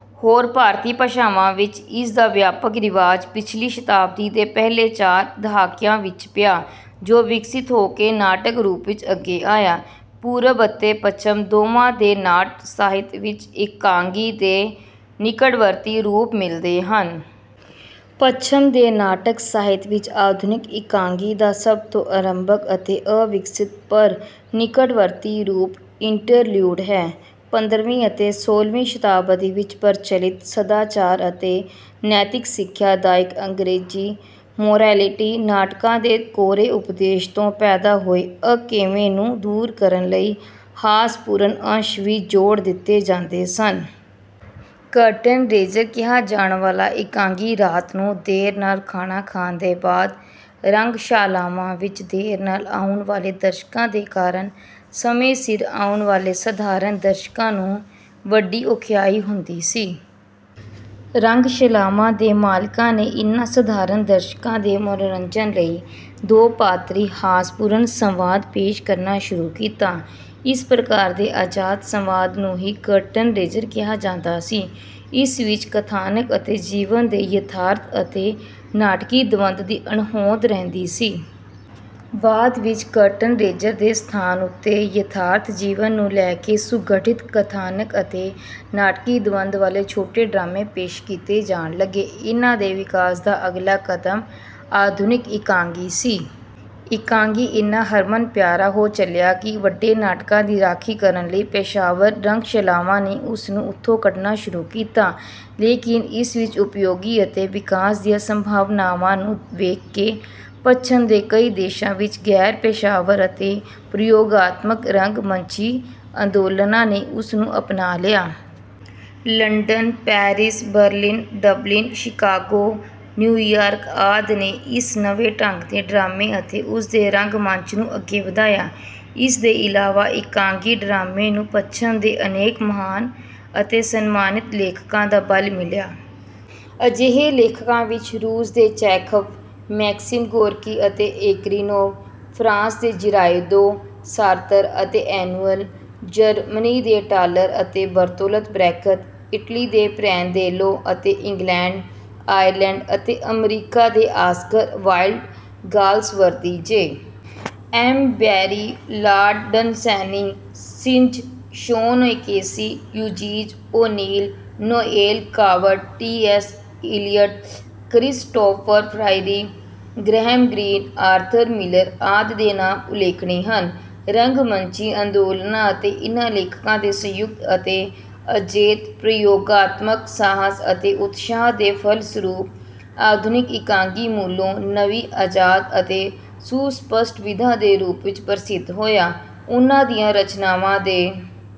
ਹੋਰ ਭਾਰਤੀ ਭਾਸ਼ਾਵਾਂ ਵਿੱਚ ਇਸ ਦਾ ਵਿਆਪਕ ਰਿਵਾਜ ਪਿਛਲੀ ਸ਼ਤਾਬਦੀ ਦੇ ਪਹਿਲੇ ਚਾਰ ਦਹਾਕਿਆਂ ਵਿੱਚ ਪਿਆ, ਜੋ ਵਿਕਸਿਤ ਹੋ ਕੇ ਨਾਟਕ ਰੂਪ ਵਿੱਚ ਅੱਗੇ ਆਇਆ। ਪੂਰਬ ਅਤੇ ਪੱਛਮ ਦੋਵਾਂ ਦੇ ਨਾਟ ਸਾਹਿਤ ਵਿੱਚ ਇਕਾਂਗੀ ਦੇ ਨਿਕਟਵਰਤੀ ਰੂਪ ਮਿਲਦੇ ਹਨ। ਪੱਛਮ ਦੇ ਨਾਟਕ ਸਾਹਿਤ ਵਿੱਚ ਆਧੁਨਿਕ ਇਕਾਂਗੀ ਦਾ ਸਭ ਤੋਂ ਅਰੰਭਕ ਅਤੇ ਅਵਿਕਸਤ ਪਰ ਨਿਕਟਵਰਤੀ ਰੂਪ ਇੰਟਰਲਿਊਡ ਹੈ। ਪੰਦਰਵੀਂ ਅਤੇ ਸੋਲ੍ਹਵੀਂ ਸ਼ਤਾਬਦੀ ਵਿੱਚ ਪ੍ਰਚਲਿਤ ਸਦਾਚਾਰ ਅਤੇ ਨੈਤਿਕ ਸਿੱਖਿਆ ਦਾਇਕ ਅੰਗਰੇਜ਼ੀ ਮੋਰੈਲਿਟੀ ਨਾਟਕਾਂ ਦੇ ਕੋਰੇ ਉਪਦੇਸ਼ ਤੋਂ ਪੈਦਾ ਹੋਏ ਅਕੇਵੇਂ ਨੂੰ ਦੂਰ ਕਰਨ ਲਈ ਹਾਸਪੂਰਨ ਅੰਸ਼ ਵੀ ਜੋੜ ਦਿੱਤੇ ਜਾਂਦੇ ਸਨ। ਕਰਟੇਨ ਰੇਜ਼ਰ ਕਿਹਾ ਜਾਣ ਵਾਲਾ ਇਕਾਂਗੀ ਰਾਤ ਨੂੰ ਦੇਰ ਨਾਲ ਖਾਣਾ ਖਾਣ ਦੇ ਬਾਅਦ ਰੰਗਸ਼ਾਲਾਵਾਂ ਵਿੱਚ ਦੇਰ ਨਾਲ ਆਉਣ ਵਾਲੇ ਦਰਸ਼ਕਾਂ ਦੇ ਕਾਰਨ ਸਮੇਂ ਸਿਰ ਆਉਣ ਵਾਲੇ ਸਧਾਰਨ ਦਰਸ਼ਕਾਂ ਨੂੰ ਵੱਡੀ ਔਖਿਆਈ ਹੁੰਦੀ ਸੀ। ਰੰਗਸ਼ਾਲਾਵਾਂ ਦੇ ਮਾਲਕਾਂ ਨੇ ਇਨ੍ਹਾਂ ਸਧਾਰਨ ਦਰਸ਼ਕਾਂ ਦੇ ਮਨੋਰੰਜਨ ਲਈ ਦੋ ਪਾਤਰੀ ਹਾਸਪੂਰਨ ਸੰਵਾਦ ਪੇਸ਼ ਕਰਨਾ ਸ਼ੁਰੂ ਕੀਤਾ। ਇਸ ਪ੍ਰਕਾਰ ਦੇ ਆਜ਼ਾਦ ਸੰਵਾਦ ਨੂੰ ਹੀ ਕਰਟੇਨ ਰੇਜ਼ਰ ਕਿਹਾ ਜਾਂਦਾ ਸੀ। ਇਸ ਵਿੱਚ ਕਥਾਨਕ ਅਤੇ ਜੀਵਨ ਦੇ ਯਥਾਰਥ ਅਤੇ ਨਾਟਕੀ ਦਵੰਦ ਦੀ ਅਣਹੋਂਦ ਰਹਿੰਦੀ ਸੀ। ਬਾਅਦ ਵਿੱਚ ਕਰਟੇਨ ਰੇਜ਼ਰ ਦੇ ਸਥਾਨ ਉੱਤੇ ਯਥਾਰਥ ਜੀਵਨ ਨੂੰ ਲੈ ਕੇ ਸੁਗਠਿਤ ਕਥਾਨਕ ਅਤੇ ਨਾਟਕੀ ਦਵੰਦ ਵਾਲੇ ਛੋਟੇ ਡਰਾਮੇ ਪੇਸ਼ ਕੀਤੇ ਜਾਣ ਲੱਗੇ। ਇਨ੍ਹਾਂ ਦੇ ਵਿਕਾਸ ਦਾ ਅਗਲਾ ਕਦਮ ਆਧੁਨਿਕ ਇਕਾਂਗੀ ਸੀ। ਇਕਾਂਗੀ ਇੰਨਾ ਹਰਮਨ ਪਿਆਰਾ ਹੋ ਚਲਿਆ ਕਿ ਵੱਡੇ ਨਾਟਕਾਂ ਦੀ ਰਾਖੀ ਕਰਨ ਲਈ ਪੇਸ਼ਾਵਰ ਰੰਗਸ਼ਾਲਾਵਾਂ ਨੇ ਉਸ ਨੂੰ ਉੱਥੋਂ ਕੱਢਣਾ ਸ਼ੁਰੂ ਕੀਤਾ। ਲੇਕਿਨ ਇਸ ਵਿੱਚ ਉਪਯੋਗੀ ਅਤੇ ਵਿਕਾਸ ਦੀਆਂ ਸੰਭਾਵਨਾਵਾਂ ਨੂੰ ਵੇਖ ਕੇ ਪੱਛਮ ਦੇ ਕਈ ਦੇਸ਼ਾਂ ਵਿੱਚ ਗੈਰ ਪੇਸ਼ਾਵਰ ਅਤੇ ਪ੍ਰਯੋਗਾਤਮਕ ਰੰਗ ਮੰਚੀ ਅੰਦੋਲਨਾਂ ਨੇ ਉਸ ਨੂੰ ਅਪਣਾ ਲਿਆ। London, Paris, Berlin, Dublin, Chicago, New York ਆਦਿ ਨੇ ਇਸ ਨਵੇਂ ਢੰਗ ਦੇ ਡਰਾਮੇ ਅਤੇ ਉਸ ਦੇ ਰੰਗ ਮੰਚ ਨੂੰ ਅੱਗੇ ਵਧਾਇਆ। ਇਸ ਦੇ ਇਲਾਵਾ ਇਕਾਂਗੀ ਡਰਾਮੇ ਨੂੰ ਪੱਛਮ ਦੇ ਅਨੇਕ ਮਹਾਨ ਅਤੇ ਸਨਮਾਨਿਤ ਲੇਖਕਾਂ ਦਾ ਬਲ ਮਿਲਿਆ। ਅਜਿਹੇ ਲੇਖਕਾਂ ਵਿੱਚ ਰੂਸ ਦੇ ਚੈਖਵ, ਮੈਕਸਿਮ ਗੋਰਕੀ ਅਤੇ ਏਕਰੀਨੋਵ, ਫਰਾਂਸ ਦੇ ਜਿਰਾਉਦੋ, ਸਾਰਤਰ ਅਤੇ ਐਨੁਇਲ, ਜਰਮਨੀ ਦੇ ਟਾਲਰ ਅਤੇ ਬਰਤੋਲਤ ਬ੍ਰੈਖਤ, ਇਟਲੀ ਦੇ ਪਿਰੈਂਦੇਲੋ ਅਤੇ ਇੰਗਲੈਂਡ, ਆਇਰਲੈਂਡ ਅਤੇ ਅਮਰੀਕਾ ਦੇ Oscar Wilde, Galsworthy, J. M. Barrie, Lord Dunsany, Synge, Sean O'Casey, Eugene O'Neill, Noel Coward, T. S. Eliot, Christopher Fry, Graham Greene, Arthur Miller ਆਦਿ ਦੇ ਨਾਮ ਉਲੇਖਣੀ ਹਨ। ਰੰਗ ਮੰਚੀ ਅੰਦੋਲਨਾਂ ਅਤੇ ਇਨ੍ਹਾਂ ਲੇਖਕਾਂ ਦੇ ਸੰਯੁਕਤ ਅਤੇ ਅਜੇਤ ਪ੍ਰਯੋਗਾਤਮਕ ਸਾਹਸ ਅਤੇ ਉਤਸ਼ਾਹ ਦੇ ਫਲਸਰੂਪ ਆਧੁਨਿਕ ਇਕਾਂਗੀ ਮੂਲੋਂ ਨਵੀਂ, ਆਜ਼ਾਦ ਅਤੇ ਸੁਸਪਸ਼ਟ ਵਿਧਾ ਦੇ ਰੂਪ ਵਿੱਚ ਪ੍ਰਸਿੱਧ ਹੋਇਆ। ਉਨ੍ਹਾਂ ਦੀਆਂ ਰਚਨਾਵਾਂ ਦੇ